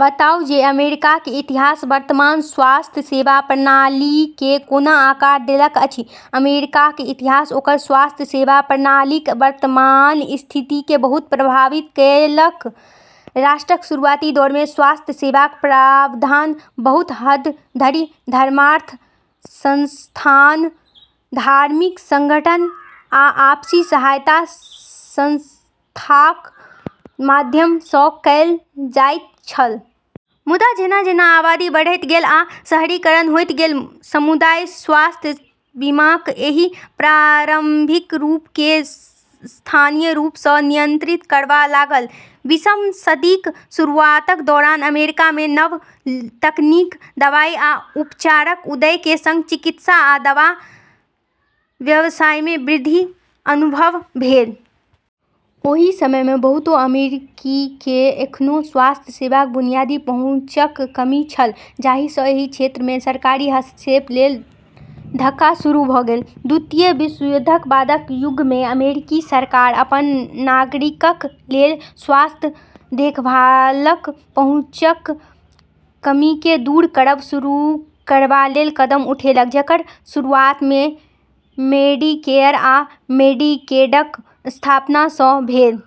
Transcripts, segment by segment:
बताउ जे अमेरिकाक इतिहास वर्तमान स्वास्थ्य सेवा प्रणालीकेँ कोना आकार देलक अछि। अमेरिकाक इतिहास ओकर स्वास्थ्य सेवा प्रणालीक वर्तमान स्थितिकेँ बहुत प्रभावित केलक। राष्ट्रक शुरुआती दौरमे स्वास्थ्य सेवाक प्रावधान बहुत हद धरि धर्मार्थ संस्थान, धार्मिक संगठन आ आपसी सहायता संस्थाक माध्यम सँ कएल जाइत छल। मुदा, जेना-जेना आबादी बढ़ैत गेल आ शहरीकरण होइत गेल, समुदाय स्वास्थ्य बीमाक एहि प्रारंभिक रूपकेँ स्थानीय रूप सँ नियंत्रित करबा लागल। बीसम सदीक शुरुआतक दौरान अमेरिकामे नव तकनीक, दवाई आ उपचारक उदय केँ संग चिकित्सा आ दवा व्यवसायमे वृद्धि अनुभव भेल। ओहि समयमे बहुतो अमेरिकीकेँ एखनो स्वास्थ्य सेवाक बुनियादी पहुँचक कमी छल, जाहि सँ एहि क्षेत्रमे सरकारी हस्तक्षेप लेल धक्का शुरू भ’ गेल। द्वितीय विश्वयुद्धक बादक युगमे, अमेरिकी सरकार अपन नागरिकक लेल स्वास्थ्य देखभालक पहुँचक कमीकेँ दूर करब शुरू करबा लेल कदम उठेलक, जेकर शुरुआतमे मेडिकेयर आ मेडिकेडक स्थापना सँ भेल।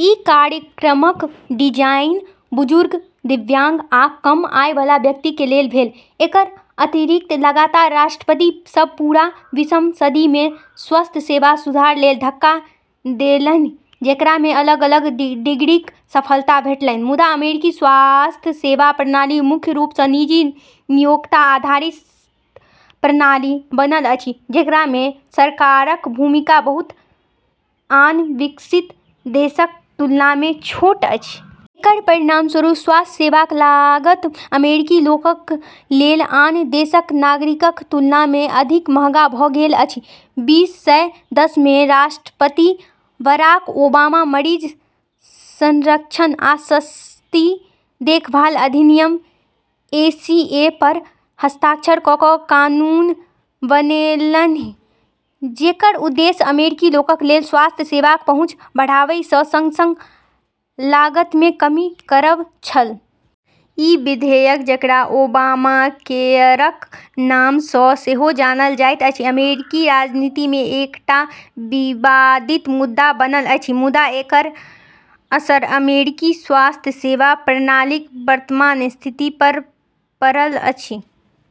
ई कार्यक्रमक डिजाइन बुजुर्ग, दिव्यांग आ कम आय बला व्यक्ति लेल भेल। एकर अतिरिक्त, लगातार राष्ट्रपति सभ पूरा बीसम सदीमे स्वास्थ्य सेवा सुधार लेल धक्का देलन्हि, जेकरामे अलग-अलग डिग्रीक सफलता भेटलनि। मुदा, अमेरिकी स्वास्थ्य सेवा प्रणाली मुख्य रूप सँ निजी, नियोक्ता आधारित प्रणाली बनल अछि, जेकरामे सरकारक भूमिका बहुत आन विकसित देशक तुलनामे छोट अछि। एकर परिणामस्वरूप स्वास्थ्य सेवाक लागत अमेरिकी लोकक लेल आन देशक नागरिकक तुलनामे काफी महंगा भ’ गेल अछि। बीस सय दसमे राष्ट्रपति बराक ओबामा मरीज संरक्षण आ सस्ती देखभाल अधिनियम (एसीए) पर हस्ताक्षर क’ क’ कानून बनैलन्हि, जेकर उद्देश्य अमेरिकी लोकक लेल स्वास्थ्य सेवाक पहुँच बढ़ाबै सँ संग-संग लागतमे कमी करब छल। ई विधेयक, जेकरा ओबामाकेयरक नाम सँ सेहो जानल जाइत अछि, अमेरिकी राजनीतिमे एकटा विवादित मुद्दा बनल अछि, मुदा एकर असर अमेरिकी स्वास्थ्य सेवा प्रणालीक वर्तमान स्थिति पर पड़ल अछि।